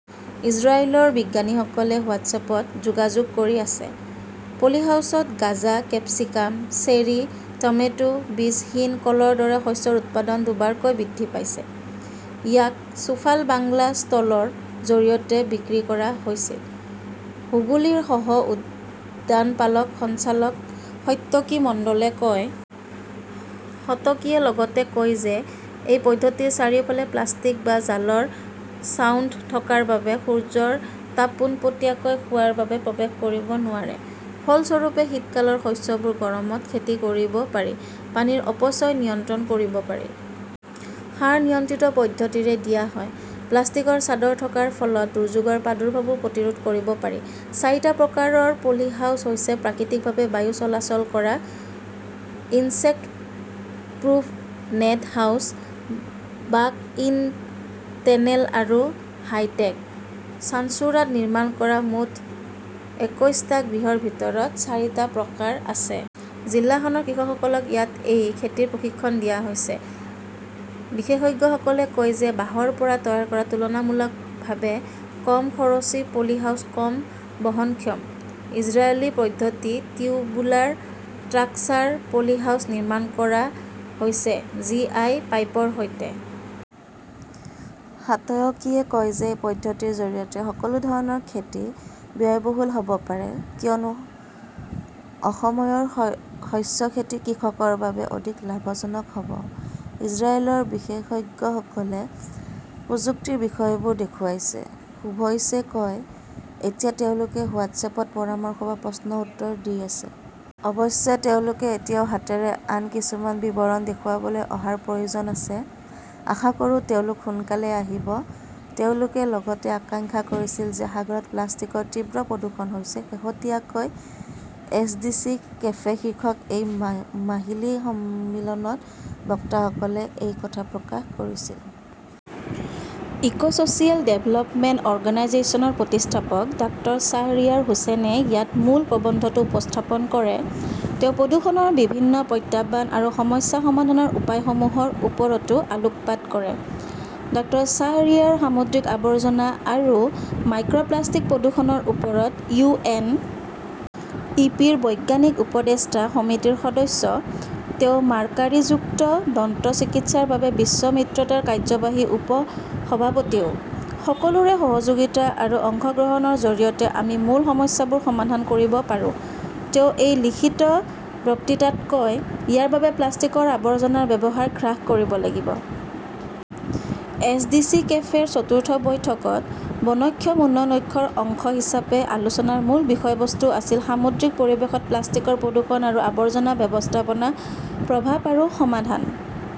ইজৰাইলৰ বিজ্ঞানীসকলে হোৱাট্ছএপত যোগাযোগ কৰি আছে। পলিহাউচত গাঁজা, কেপচিকাম, চেৰী, টমেটো, বীজহীন কলৰ দৰে শস্যৰ উৎপাদন দুবাৰকৈ বৃদ্ধি পাইছে। ইয়াক চুফাল বাংলা ষ্টলৰ জৰিয়তে বিক্ৰী কৰা হৈছিল", হুগলীৰ সহ-উদ্যানপালন সঞ্চালক সত্যকী মণ্ডলে কয়। সতকীয়ে লগতে কয় যে এই পদ্ধতিৰ চাৰিওফালে প্লাষ্টিক বা জালৰ ছাউণ্ড থকাৰ বাবে সূৰ্যৰ তাপ পোনপটীয়াকৈ খোৱাৰ বাবে প্ৰৱেশ কৰিব নোৱাৰে। ফলস্বৰূপে, শীতকালৰ শস্যবোৰ গৰমত খেতি কৰিব পাৰি। পানীৰ অপচয় নিয়ন্ত্ৰণ কৰিব পাৰি। সাৰ নিয়ন্ত্ৰিত পদ্ধতিৰে দিয়া হয়। প্লাষ্টিকৰ চাদৰ থকাৰ ফলত দুৰ্যোগৰ প্ৰাদুৰ্ভাৱো প্ৰতিৰোধ কৰিব পাৰি। চাৰিটা প্ৰকাৰৰ পলিহাউছ হৈছে প্ৰাকৃতিকভাৱে বায়ু চলাচল কৰা, insect proof net house, walk in tunnel আৰু হাইটেক। চুঞ্চুৰাত নিৰ্মাণ কৰা মুঠ একৈশটা গৃহৰ ভিতৰত চাৰিটা প্ৰকাৰ আছে। জিলাখনৰ কৃষকসকলক ইয়াত এই খেতিৰ প্ৰশিক্ষণ দিয়া হৈছে। বিশেষজ্ঞসকলে কয় যে বাঁহৰ পৰা তৈয়াৰ কৰা তুলনামূলকভাৱে কম খৰচী পলিহাউছ কম বহনক্ষম। ইজৰাইলী পদ্ধতিত 'টিউবুলাৰ ষ্ট্ৰাকচাৰ পলিহাউছ' নিৰ্মাণ কৰা হৈছে জি. আই. পাইপৰ সৈতে। সাতয়কীয়ে কয় যে এই পদ্ধতিৰ জৰিয়তে সকলো ধৰণৰ খেতি ব্যয়বহুল হ'ব পাৰে, কিয়নো অসময়ৰ শস্য খেতি কৃষকৰ বাবে অধিক লাভজনক হ'ব। "ইজৰাইলৰ বিশেষজ্ঞসকলে প্ৰযুক্তিৰ বিষয়বোৰ দেখুৱাইছে", শুভশিছে কয়। এতিয়া তেওঁলোকে হোৱাট্ছএপত পৰামৰ্শ বা প্ৰশ্নৰ উত্তৰ দি আছে। অৱশ্যে, তেওঁলোকে এতিয়াও হাতেৰে আন কিছুমান বিৱৰণ দেখুৱাবলৈ অহাৰ প্ৰয়োজন আছে। আশা কৰোঁ তেওঁলোক সোনকালেই আহিব। তেওঁলোকে লগতে আশংকা কৰিছিল যে সাগৰত প্লাষ্টিকৰ তীব্ৰ প্ৰদূষণ হৈছে। শেহতীয়াকৈ "এছডিজি কেফে" শীৰ্ষক এক মাহিলী সন্মিলনত বক্তাসকলে এই কথা প্ৰকাশ কৰিছিল। ইকো-ছ'চিয়েল ডেভেলপমেণ্ট অৰ্গেনাইজেশ্যনৰ প্ৰতিষ্ঠাপক ডাঃ শ্বাহৰিয়াৰ হুচেইনে ইয়াত মূল প্ৰবন্ধটো উপস্থাপন কৰে। তেওঁ প্ৰদূষণৰ বিভিন্ন প্ৰত্যাহ্বান আৰু সমস্যা সমাধানৰ উপায়সমূহৰ ওপৰতো আলোকপাত কৰে। ডাঃ শ্বাহৰিয়াৰ সামুদ্ৰিক আৱৰ্জনা আৰু মাইক্ৰ'প্লাষ্টিক প্ৰদূষণৰ ওপৰত ইউ. এন. ই. পি. ৰ বৈজ্ঞানিক উপদেষ্টা সমিতিৰ সদস্য। তেওঁ মাৰ্কাৰীমুক্ত দন্তচিকিৎসাৰ বাবে বিশ্ব মিত্ৰতাৰ কাৰ্যবাহী উপ-সভাপতিও। "সকলোৰে সহযোগিতা আৰু অংশগ্ৰহণৰ জৰিয়তে আমি মূল সমস্যাবোৰ সমাধান কৰিব পাৰোঁ", তেওঁ এক লিখিত বক্তৃতাত কয়। ইয়াৰ বাবে প্লাষ্টিকৰ আৱৰ্জনাৰ ব্যৱহাৰ হ্ৰাস কৰিব লাগিব। "এছডিজি কেফে" ৰ চতুৰ্থ বৈঠকত বহনক্ষম উন্নয়ন লক্ষ্যৰ অংশ হিচাপে আলোচনাৰ মূল বিষয়বস্তু আছিল "সামুদ্ৰিক পৰিৱেশত প্লাষ্টিক প্ৰদূষণ আৰু আৱৰ্জনা ব্যৱস্থাপনা প্ৰভাৱ আৰু সমাধান।